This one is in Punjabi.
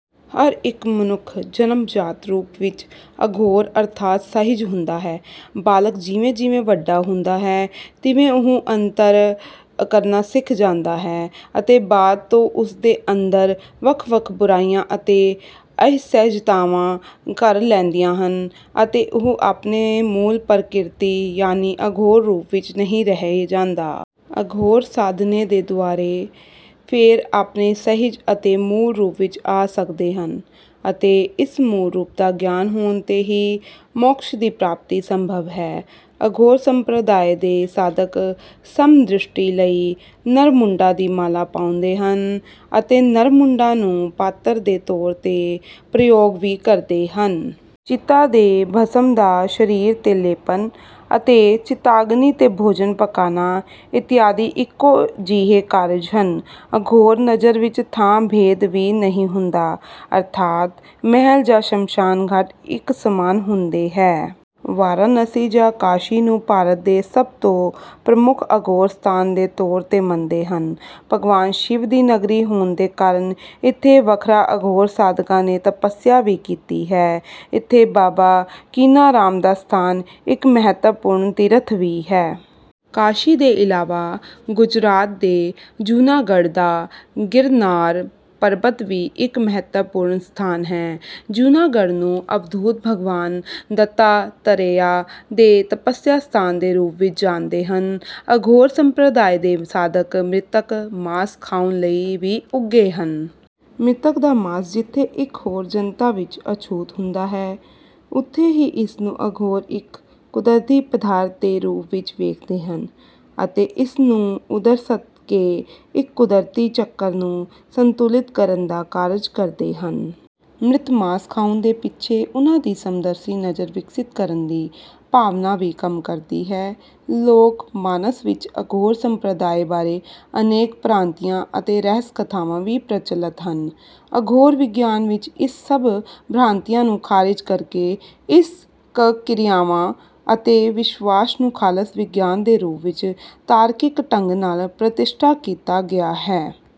ਹਰ ਇੱਕ ਮਨੁੱਖ ਜੰਮਜਾਤ ਰੂਪ ਵਿੱਚ ਅਘੋਰ ਅਰਥਾਤ ਸਹਿਜ ਹੁੰਦਾ ਹੈ। ਬਾਲਕ ਜਿਵੇਂ ਜਿਵੇਂ ਵੱਡਾ ਹੁੰਦਾ ਹੈ ਤਿਵੇਂ ਉਹ ਅੰਤਰ ਕਰਨਾ ਸਿੱਖ ਜਾਂਦਾ ਹੈ ਅਤੇ ਬਾਅਦ ਤੋਂ ਉਸਦੇ ਅੰਦਰ ਵੱਖ-ਵੱਖ ਬੁਰਾਈਆਂ ਅਤੇ ਅਸਹਿਜਤਾਵਾਂ ਘਰ ਲੈਂਦੀਆਂ ਹਨ ਅਤੇ ਉਹ ਆਪਣੇ ਮੂਲ ਪਰਕਿਰਤੀ ਯਾਨੀ ਅਘੋਰ ਰੂਪ ਵਿੱਚ ਨਹੀਂ ਰਹਿ ਜਾਂਦਾ। ਅਘੋਰ ਸਾਧਨੇ ਦੇ ਦੁਆਰੇ ਫੇਰ ਆਪਣੇ ਸਹਿਜ ਅਤੇ ਮੂਲ ਰੂਪ ਵਿੱਚ ਆ ਸਕਦੇ ਹਨ ਅਤੇ ਇਸ ਮੂਲ ਰੂਪ ਦਾ ਗਿਆਨ ਹੋਣ 'ਤੇ ਹੀ ਮੋਕਸ਼ ਦੀ ਪ੍ਰਾਪਤੀ ਸੰਭਵ ਹੈ। ਅਘੋਰ ਸੰਪ੍ਰਦਾਏ ਦੇ ਸਾਧਕ ਸਮਦ੍ਰਿਸ਼ਟੀ ਲਈ ਨਰ ਮੁੰਡਾਂ ਦੀ ਮਾਲਾ ਪਾਓਂਦੇ ਹਨ ਅਤੇ ਨਰ ਮੁੰਡਾਂ ਨੂੰ ਪਾਤਰ ਦੇ ਤੌਰ 'ਤੇ ਪ੍ਰਯੋਗ ਵੀ ਕਰਦੇ ਹਨ। ਚਿਤਾ ਦੇ ਭਸਮ ਦਾ ਸਰੀਰ 'ਤੇ ਲੇਪਨ ਅਤੇ ਚਿਤਾਗਨੀ 'ਤੇ ਭੋਜਨ ਪਕਾਨਾ ਇਤਆਦਿ ਇੱਕੋ ਜਿਹੇ ਕਾਰਜ ਹਨ। ਅਘੋਰ ਨਜਰ ਵਿੱਚ ਥਾਂ ਭੇਦ ਵੀ ਨਹੀਂ ਹੁੰਦਾ ਅਰਥਾਤ ਮਹਲ ਜਾਂ ਸ਼ਮਸ਼ਾਨ ਘਾਟ ਇੱਕ ਸਮਾਨ ਹੁੰਦੇ ਹੈ। ਵਾਰਾਣਸੀ ਜਾਂ ਕਾਸ਼ੀ ਨੂੰ ਭਾਰਤ ਦੇ ਸਭ ਤੋਂ ਪ੍ਰਮੁੱਖ ਅਘੋਰ ਸਥਾਨ ਦੇ ਤੌਰ 'ਤੇ ਮੰਣਦੇ ਹਨ। ਭਗਵਾਨ ਸ਼ਿਵ ਦੀ ਨਗਰੀ ਹੋਣ ਦੇ ਕਾਰਨ ਇੱਥੇ ਵੱਖਰਾ ਅਘੋਰ ਸਾਧਕਾਂ ਨੇ ਤਪਸਿਆ ਵੀ ਕੀਤੀ ਹੈ। ਇੱਥੇ ਬਾਬਾ ਕੀਨਾਰਾਮ ਦਾ ਸਥਾਨ ਇੱਕ ਮਹੱਤਵਪੂਰਣ ਤੀਰਥ ਵੀ ਹੈ। ਕਾਸ਼ੀ ਦੇ ਇਲਾਵਾ ਗੁਜਰਾਤ ਦੇ ਜੂਨਾਗੜ੍ਹ ਦਾ ਗਿਰਨਾਰ ਪਰਬਤ ਵੀ ਇੱਕ ਮਹੱਤਵਪੂਰਣ ਸਥਾਨ ਹੈ। ਜੂਨਾਗੜ੍ਹ ਨੂੰ ਅਵਧੂਤ ਭਗਵਾਨ ਦੱਤਾਤਰੇਆ ਦੇ ਤਪਸਿਆ ਸਥਾਨ ਦੇ ਰੂਪ ਵਿੱਚ ਜਾਣਦੇ ਹਨ। ਅਘੋਰ ਸੰਪ੍ਰਦਾਏ ਦੇ ਸਾਧਕ ਮ੍ਰਿਤਕ ਮਾਸ ਖਾਉਣ ਲਈ ਵੀ ਉੱਘੇ ਹਨ। ਮ੍ਰਿਤਕ ਦਾ ਮਾਸ ਜਿੱਥੇ ਇੱਕ ਹੋਰ ਜਨਤਾ ਵਿੱਚ ਅਛੂਤ ਹੁੰਦਾ ਹੈ ਉੱਥੇ ਹੀ ਇਸਨੂੰ ਅਘੋਰ ਇੱਕ ਕੁਦਰਤੀ ਪਦਾਰਥ ਦੇ ਰੂਪ ਵਿੱਚ ਵੇਖਦੇ ਹਨ ਅਤੇ ਇਸਨੂੰ ਉਦਰਸਥ ਕੇ ਇੱਕ ਕੁਦਰਤੀ ਚੱਕਰ ਨੂੰ ਸੰਤੁਲਿਤ ਕਰਨ ਦਾ ਕਾਰਜ ਕਰਦੇ ਹਨ। ਮ੍ਰਿਤ ਮਾਸ ਖਾਉਣ ਦੇ ਪਿੱਛੇ ਉਨ੍ਹਾਂ ਦੀ ਸਮਦਰਸ਼ੀ ਨਜਰ ਵਿਕਸਿਤ ਕਰਨ ਦੀ ਭਾਵਨਾ ਵੀ ਕੰਮ ਕਰਦੀ ਹੈ। ਲੋਕ ਮਾਨਸ ਵਿੱਚ ਅਘੋਰ ਸੰਪ੍ਰਦਾਏ ਬਾਰੇ ਅਨੇਕ ਭਰਾਂਤੀਆ ਅਤੇ ਰਹੱਸ ਕਥਾਵਾਂ ਵੀ ਪ੍ਰਚੱਲਤ ਹਨ। ਅਘੋਰ ਵਿਗਿਆਨ ਵਿੱਚ ਇਸ ਸਭ ਭਰਾਂਤੀਆਂ ਨੂੰ ਖਾਰਿਜ ਕਰਕੇ ਇਸ ਕ ਕਿਰਿਆਵਾਂ ਅਤੇ ਵਿਸ਼ਵਾਸ ਨੂੰ ਖਾਲਸ ਵਿਗਿਆਨ ਦੇ ਰੂਪ ਵਿੱਚ ਤਾਰਕਿਕ ਢ਼ੰਗ ਨਾਲ ਪ੍ਰਤਿਸ਼ਠਾ ਕੀਤਾ ਗਿਆ ਹੈ।